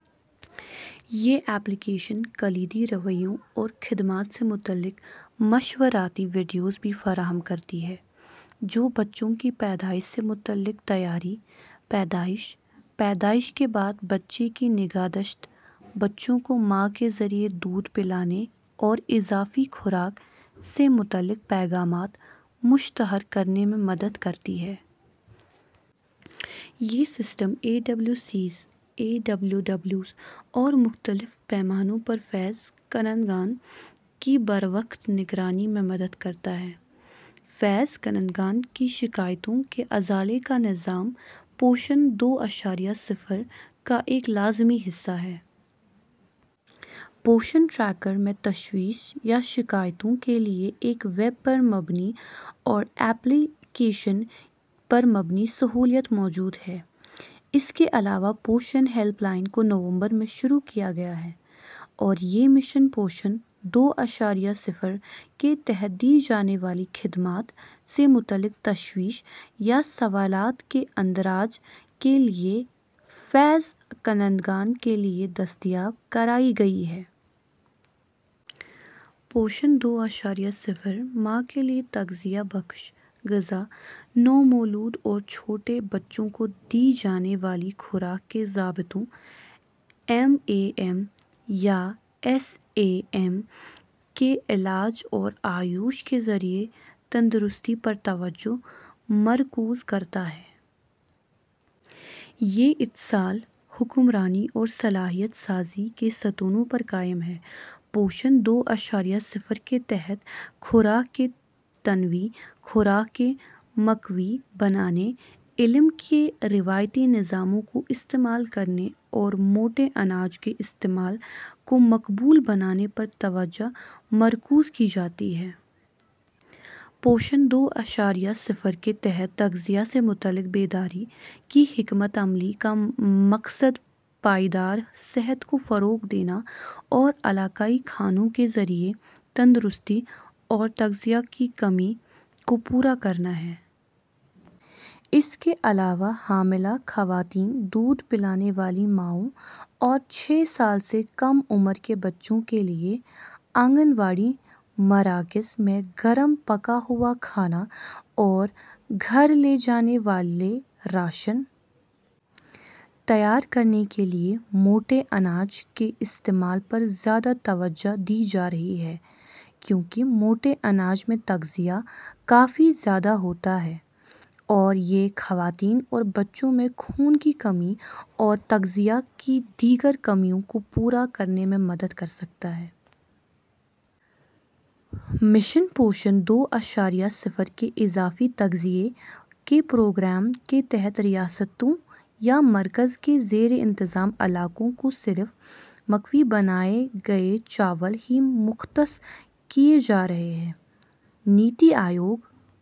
یہ application کلیدی رویوں اور خدمات سے متعلق مشاورتی ویڈیوز بھی فراہم کرتی ہے، جو بچوں کی پیدائش سے متعلق تیاری، پیدائش، پیدائش کے بعد بچے کی نگہداشت، بچوں کو ماں کے ذریعے دودھ پلانے اور اضافی خوراک سے متعلق پیغامات مشتہر کرنے میں مدد کرتی ہے۔ یہ system A W Cs, A W ڈبلیوز اور مختلف پیمانوں پر فیض کنندگان کی بروقت نگرانی میں مدد کرتا ہے۔ فیض کنندگان کی شکایتوں کے ازالے کا نظام پوشن دو اعشاریہ صفر کا ایک لازمی حصہ ہے۔ پوشن ٹریکر میں تشویش یا شکایتوں کے لیے ایک ویب پر مبنی اور ایپلی کیشن پر مبنی سہولت موجود ہے۔ اس کے علاوہ پوشن ہیلپ لائن کو نومبر میں شروع کیا گیا ہے اور یہ مشن پوشن دو اعشاریہ صفر کے تحت دی جانے والی خدمات سے متعلق تشویش یا سوالات کے اندراج کے لیے فیض کنندگان کے لیے دستیاب کرائی گئی ہے۔ پوشن دو اعشاریہ صفر ماں کے لیے تغذیہ بخش غذا، نومولود اور چھوٹے بچوں کو دی جانے والی خوراک کے ضابطوں، ایم اے ایم یا ایس اے ایم کے علاج اور آیوش کے ذریعے تندرستی پر توجہ مرکوز کرتا ہے۔ یہ اتصال، حکمرانی اور صلاحیت سازی کے ستونوں پر قائم ہے۔ پوشن دو اعشاریہ صفر کے تحت خوراک کے تنوع، خوراک کو مقوی بنانے، علم کے روایتی نظاموں کو استعمال کرنے اور موٹے اناج کے استعمال کو مقبول بنانے پر توجہ مرکوز کی جاتی ہے۔ پوشن دو اعشاریہ صفر کے تحت تغذیہ سے متعلق بیداری کی حکمت عملی کا مقصد پائیدار صحت کو فروغ دینا اور علاقائی کھانوں کے ذریعے تندرستی اور تغذیہ کی کمی کو پورا کرنا ہے۔ اس کے علاوہ حاملہ خواتین، دودھ پلانے والی ماؤں اور چھ سال سے کم عمر کے بچوں کے لیے آنگن واڑی مراکز میں گرم پکا ہوا کھانا اور گھر لے جانے والا راشن تیار کرنے کے لیے موٹے اناج کے استعمال پر زیادہ توجہ دی جا رہی ہے، کیونکہ موٹے اناج میں تغذیہ کافی زیادہ ہوتا ہے اور یہ خواتین اور بچوں میں خون کی کمی اور تغذیہ کی دیگر کمیوں کو پورا کرنے میں مدد کر سکتے ہیں۔ مشن پوشن دو اعشاریہ صفر کے اضافی تغذیے کے پروگرام کے تحت ریاستوں یا مرکز کے زیر انتظام علاقوں کو صرف مقوی بنائے گئے چاول ہی مختص کیے جا رہے ہیں۔ نیتی آیوگ